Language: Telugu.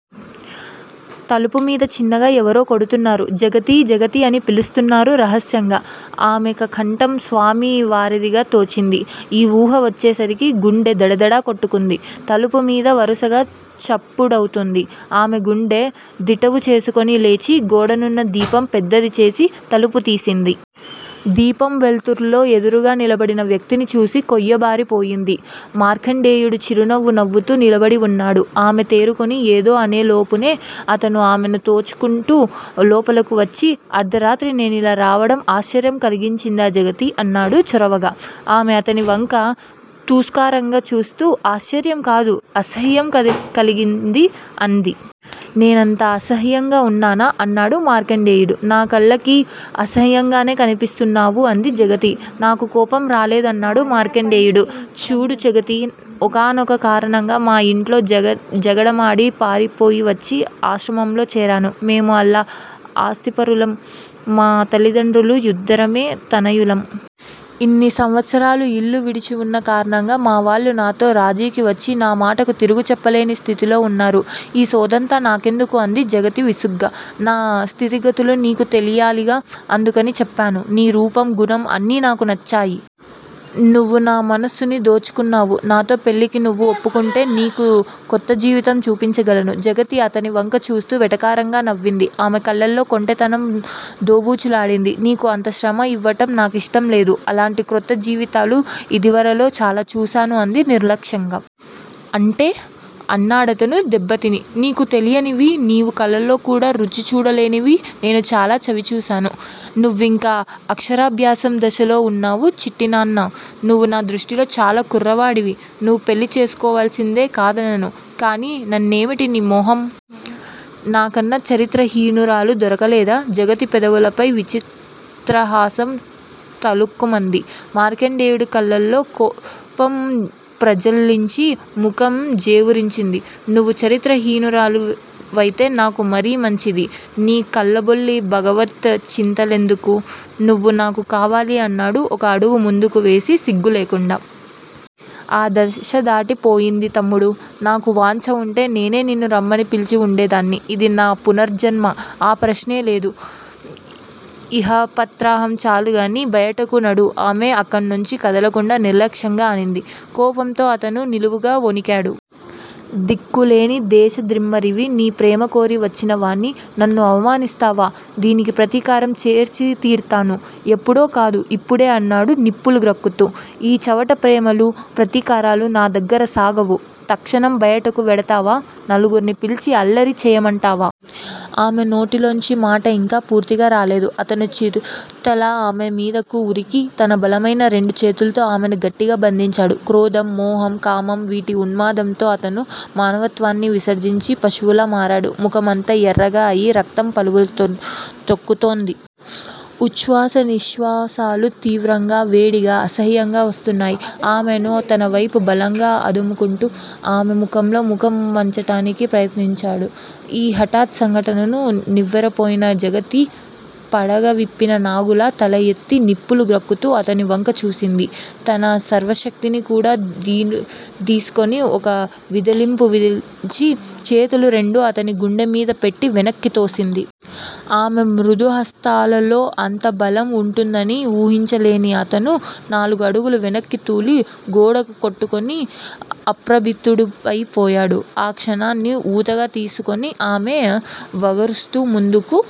తలుపు మీద చిన్నగా ఎవరో కొడుతున్నారు. జగతీ! జగతీ! అని పిలుస్తున్నారు రహస్యంగా. ఆమెకా కంఠం స్వామి వారిదిగా తోచింది. ఈ ఊహ వచ్చే సరికి గుండె దడదడ కొట్టుకుంది. తలుపు మీద వరుసగా చప్పుడవుతోంది. ఆమె గుండె దిటవు చేసుకుని లేచి, గోడనున్న దీపం పెద్దది చేసి, తలుపుతీసింది. దీపం వెల్తుర్లో ఎదురుగా నిలబడిన వ్యక్తిని చూసి కొయ్యబారి పోయింది. మార్కండేయుడు చిరునవ్వు నవ్వుతూ నిలబడి వున్నాడు. ఆమె తేరుకుని ఏదో అనేలోపునే అతను ఆమెను తోచుకుంటూ లోపలకు వచ్చి, అర్ధరాత్రి నేనిలా రావటం ఆశ్చర్యం కలిగించిందా జగతీ! అన్నాడు చొరవగా. ఆమె అతని వంక తూస్కారంగా చూస్తూ ఆశ్చర్యం కాదు అసహ్యం కలిగించింది అంది. నేనంత అసహ్యంగా వున్నానా? అన్నాడు మార్కండేయుడు. నా కళ్ళకి అసహ్యంగానే కనిపిస్తున్నావు అంది జగతి. నాకు కోపం రాలేదు అన్నాడు మార్కండేయుడు. చూడు జగతీ! ఒకానొక కారణంగా మా యింట్లో జగడమాడి పారిపోయివచ్చి ఆశ్రమంలో చేరాను. మేము చాలా ఆస్తిపరులం. మా తల్లిదండ్రులకు యిద్దరమే తనయులం. ఇన్ని సంవత్సరాలు యిల్లు విడిచివున్న కారణంగా మావాళ్ళు నాతో రాజీకి వచ్చి నా మాటకు తిరుగు చెప్పలేని స్థితిలో వున్నారు. ఈ సోదంతా నాకెందుకు? అంది జగతి విసుగ్గా. నా స్థితిగతులు నీకు తెలియాలిగా, అందుకని చెప్పాను. నీ రూపం, గుణం అన్నీ నాకు నచ్చాయి. నువ్వు నా మనస్సుని దోచుకున్నావు. నాతో పెళ్ళికి నువ్వు ఒప్పుకుంటే నీకు కొత్తజీవితం చూపించగలను. జగతి అతనివంక చూస్తూ వెటకారంగా నవ్వింది. ఆమెకళ్ళలో కొంటె తనం దోబూచులాడింది. నీకు అంత శ్రమ యివ్వటం నాకిష్టం లేదు. అలాంటి క్రొత్త జీవితాలు ఇదివరలో చాలా చూశాను అంది నిర్లక్ష్యంగా. అంటే? అన్నాడతను దెబ్బతిని. నీకు తెలియనివి, నీవు కలలో కూడా రుచి చూడలేనివి నేను చాలా చవి చూశాను. నువ్వింకా అక్షరాభ్యాసం దశలో వున్నావు చిట్టి నాన్నా! నువ్వు నా దృష్టిలో చాలా కుర్రవాడివి. నువ్వు పెళ్ళి చేసుకోవలసిందే. కాదనను. కాని నన్నేమిటి నీ మొహం. నాకన్నా చరిత్ర హీనురాలు దొరకలేదా? జగతి పెదవులపై విచిత్రహాసం తళుక్కుమంది. మార్కండేయుడి కళ్ళలో కోపం ప్రజ్వలించి, ముఖం జేవురించింది. నువ్వు చరిత్ర హీనురాలు వైతే నాకు మరీ మంచిది. ఈ కల్లబొల్లి భగవత్ చింతనలెందుకు? నువ్వు నాకు కావాలి అన్నాడు ఒక అడుగు ముందుకు వేసి సిగ్గు లేకుండా. ఆ దశ దాటి పోయింది తమ్ముడూ. నాకు వాంఛ వుంటే నేనే నిన్ను రమ్మని పిల్చి వుండేదాన్ని. ఇది నా పునర్జన్మ. ఆ ప్రశ్నే లేదు. ఇహ ప్రతాపం చాలు గాని బయటకు నడు ఆమె అక్కడ్నుంచి కదలకుండా నిర్లక్ష్యంగా అంది. కోపంతో అతను నిలువునా వొణికాడు. దిక్కులేని దేశ ద్రిమ్మరివి, నీ ప్రేమకోరి వచ్చిన వాడ్ని, నన్ను అవమానిస్తావా? దీనికి ప్రతీకారం చేర్చిర తీర్తాను. ఎప్పుడో కాదు, యిప్పుడే అన్నాడు నిప్పులు గ్రక్కుతూ. ఈ చవట ప్రేమలూ, ప్రతీకారాలూ నా దగ్గర సాగవు. తక్షణం బయటకు వెడతావా? నలుగుర్నీ పిలిచి అల్లరి చేయమంటావా? ఆమె నోటి లోంచి మాట యింకా పూర్తిగా రాలేదు. అతను చిరుతలా ఆమె మీదకు ఉరికి, తన బలమైన రెండు చేతుల్తో ఆమెను గట్టిగా బంధించాడు. క్రోధం, మోహం, కామం వీటి ఉన్మాదంతో అతను మానవత్వాన్ని విసర్జించి పశువులా మారాడు. ముఖమంతా యెర్రగా అయి, రక్తం పరవళ్ళు తొక్కుతోంది. ఉచ్చ్వాస నిశ్వాసాలు తీవ్రంగా, వేడిగా, అసహ్యంగా వస్తున్నాయి. ఆమెను తన వైపు బలంగా అదుముకుంటూ, ఆమె ముఖంలో ముఖం వుంచటానికి ప్రయత్నిస్తున్నాడు. ఈ హఠాత్ సంఘటనకు నివ్వెరపోయిన జగతి పడగ విప్పిన నాగులా తల ఎత్తి నిప్పులు గ్రక్కుతూ అతని వంక చూసింది. తన సర్వశక్తినీ కూడ దీసుకుని ఒక్క విదిలింపు విదిలించి, చేతులు రెండూ అతని గుండె మీద పెట్టి వెనక్కి తోసింది. ఆమె మృదు హస్తాలలో అంత బలం వుంటుందని వూహించలేని అతను నాలుగు అడుగులు వెనక్కి తూలి, గోడకు కొట్టుకుని, అప్రతిభుడైపోయాడు. ఆ క్షణాన్ని ఊతగా తీసుకుని ఆమె వగరుస్తూ ముందుకు